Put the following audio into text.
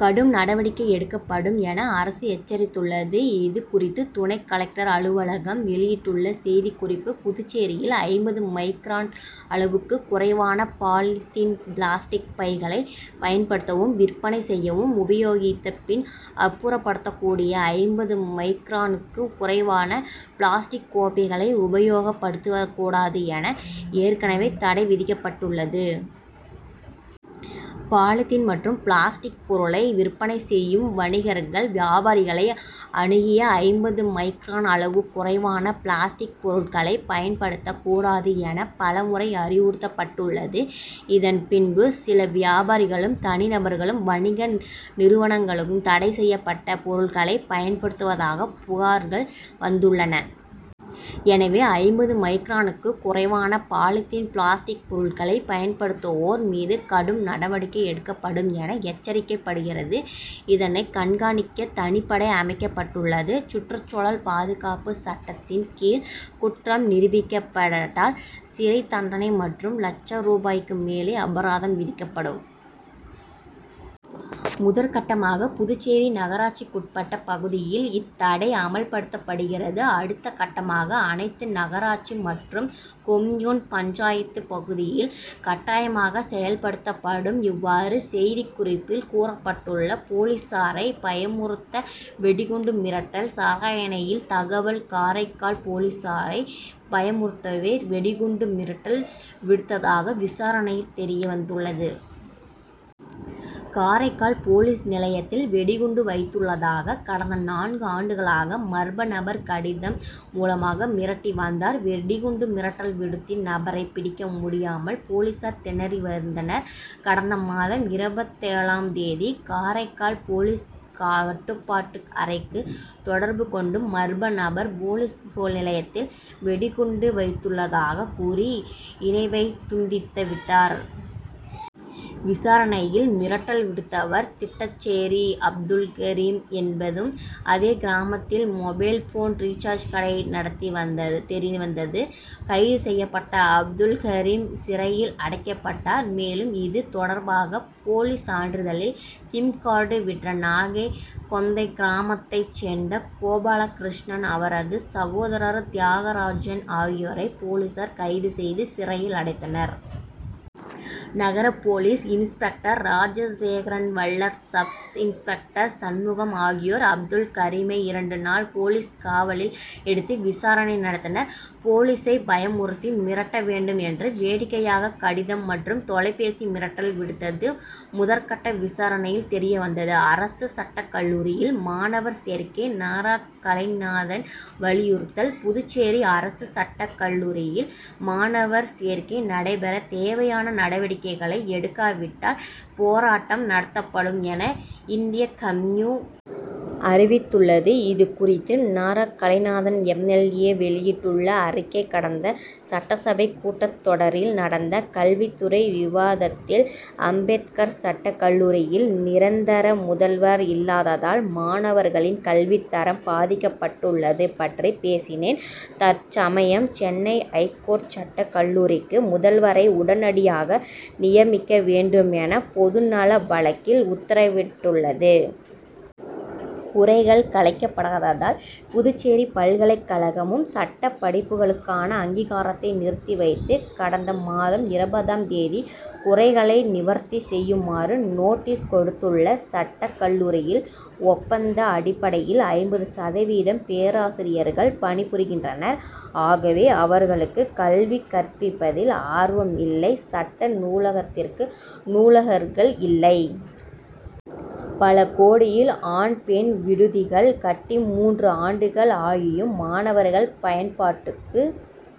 கடும் நடவடிக்கை எடுக்கப்படும் என அரசு எச்சரித்துள்ளது. இது குறித்து துணை கலெக்டர் அலுவலகம் வெளியிட்டுள்ள செய்திக்குறிப்பு:புதுச்சேரியில் ஐம்பது மைக்ரான் அளவுக்கு குறைவான பாலிதீன் பிளாஸ்டிக் பைகளை பயன்படுத்தவும் விற்பனை செய்யவும் உபயோகித்த பின் அப்புறப்படுத்தக்கூடிய ஐம்பது மைக்ரானுக்கு குறைவான பிளாஸ்டிக் கோப்பைகளை உபயோகப் படுத்தக்கூடாது என ஏற்கனவே தடை விதிக்கப்பட்டுள்ளது. பாலிதீன் மற்றும் பிளாஸ்டிக் பொருட்களை விற்பனை செய்யும் வணிகர்கள் வியாபாரிகளை அணுகி ஐம்பது மைக்ரான் அளவுக்கு குறைவான பிளாஸ்டிக் பொருட்களை பயன்படுத்தக் கூடாது என பலமுறை அறிவுறுத்தப்பட் டுள்ளது. இதன் பின்பும் சில வியாபாரிகளும் தனி நபர்களும் வணிக நிறுவனங்ககளும் தடை செய்யப்பட்ட பொருட்களை பயன்படுத்துவதாக புகார்கள் வந்துள்ளன. எனவே ஐம்பது மைக்ரானுக்கு குறைவான பாலிதீன் பிளாஸ்டிக் பொருட்களை பயன்படுத்துவோர் மீது கடும் நடவடிக்கை எடுக்கப்படும் என எச்சரிக்கப்படுகிறது. இதனை கண்காணிக்க தனிப்படை அமைக்கப்பட் டுள்ளது. சுற்றுச்சூழல் பாதுகாப்பு சட்டத்தின் கீழ் குற்றம் நிரூபிக்கப் பட்டால் சிறை தண்டனை மற்றும் லட்சம் ரூபாய்க்கு மேல் அபராதம் விதிக்கப்படும். முதற்கட்டமாக புதுச்சேரி நகராட்சிக்குட்பட்ட பகுதியில் இத் தடை அமல்படுத்தப்படுகிறது. அடுத்த கட்டமாக அனைத்து நகராட்சி மற்றும் கொம்யூன் பஞ்சாயத்து பகுதிகளில் கட்டாயமாக செயல்படுத்தப்படும். இவ்வாறு செய்திக்குறிப்பில் கூறப்பட்டுள்ளது. போலீசாரை பயமுறுத்த வெடிகுண்டு மிரட்டல் சாரணையில் தகவல் காரைக்கால்:போலீசாலை பயமுறுத்தவே வெடி குண்டு மிரட்டல் விடுத்ததாக விசாரணையில் தெரிய வந்துள்ளது. காரைக்கால் போலீஸ் நிலையத்தில் வெடிகுண்டு வைத்துள்ளதாக கடந்த நான்கு ஆண்டுகளாக மர்ம நபர் கடிதம் மூலமாக மிரட்டி வந்தார். வெடிகுண்டு மிரட்டல் விடுத்த நபரை பிடிக்க முடியாமல் போலீசார் திணறி வந்தனர். கடந்த மாதம் இருபத்தேழாம் தேதி காரைக்கால் போலீஸ் கட்டுப்பாட்டு அறைக்கு தொடர்பு கொண்ட மர்ம நபர் போலீஸ் நிலையத்தில் வெடிகுண்டு வைத்துள்ளதாக கூறி இணைப்பை துண்டித்து விட்டார். விசாரணையில் மிரட்டல் விடுத்தவர் திட்டச்சேரி அப்துல்கரீம் என் பதும் அதே கிராமத்தில் மொபைல் போன் ரீசாஜ் கடை நடத்தி வந்தது தெரியவந்தது. கைது செய்யப்பட்ட அப்துல்கரீம் சிறையில் அடைக்கப் பட்டார். மேலும் இது தொடர்பாக போலி சான்றிதழில் சிம் கார்டு விற்ற நாகை கொந்தை கிராமத்தை சேர்ந்த கோபாலகிருஷ்ணன் அவரது சகோதரர் தியாகராஜன் ஆகியோரை போலீசார் கைது செய்து சிறையில் அடைத்தனர். நகர போலீஸ் இன்ஸ்பெக்டர் ராஜ சேகரன்வல்லட் சப்இன்ஸ்பெக்டர் சண்முகம் ஆகியோர் அப்துல் கரீமை இரண்டு நாள் போலீஸ் காவலில் எடுத்து விசாரணை நடத்தினர். போலீசை பயமுறுத்தி மிரட்ட வேண்டும் என்று வேடிக்கைக்காக கடிதம் மற்றும் தொலைபேசியில் மிரட்டல் விடுத்தது முதற்கட்ட விசாரணையில் தெரிய வந்தது. அரசு சட்டக் கல்லூரியில் மாணவர் சேர்க்கை நாரா கலைநாதன் வலியுறுத்தல் புதுச்சேரி அரசு சட்டக் கல்லூரியில் மாண வர் சேர்க்கை நடைபெற தேவையான நடவடிக்கைகளை எடுக்காவிட்டால் போராட்டம் நடத்தப்படும் என இந்திய கம்யூ. அறிவித்துள்ளது. இதுகுறித்து Nara Kalainathan M. L. A. வெளியிட்டுள்ள அறிக்கை:கடந்த சட்டசபை கூட்டத்தொடரில் நடந்த கல்வித்துறை விவாதத்தில் அம்பேத்கர் சட்டக் கல்லூரியில் நிரந் தர முதல்வர் இல்லாததால் மாணவர் களின் கல்வித்தரம் பாதிக் கப்பட்டுள் ளது பற்றி பேசினேன். தற்சமயம் சென்னை ஐகோர்ட் சட்டக் கல்லூரிக்கு முதல்வரை உடனடியாக நியமிக்க வேண்டுமென பொது நல வழக்கில் உத்தரவிட்டுள்ளது. குறைகள் களையப்படாததால் புதுச்சேரி பல்கலைக்கழகமும் சட்ட படிப்புகளுக்கான அங்கீகாரத்தை நிறுத்தி வைத்து கடந்த மாதம் இருபதாம் தேதி குறைகளை நிவர்த்தி செய்யுமாறு நோட்டீஸ் கொடுத்துள்ளது. சட்டக் கல்லூரியில் ஒப்பந்த அடிப்படையில் ஐம்பது சதவீதம் பேராசிரியர்கள் பணிபுரிகின்றனர். ஆகவே அவர்களுக்கு கல்வி கற்பிப்பதில் ஆர்வம் இல்லை. சட்ட நூலகத்திற்கு நூலகர்கள் இல்லை. பல கோடியில் ஆண் பெண் விடுதிகள் கட்டி மூன்று ஆண்டுகள் ஆகியும் மாணவர்கள் பயன்பாட்டுக்கு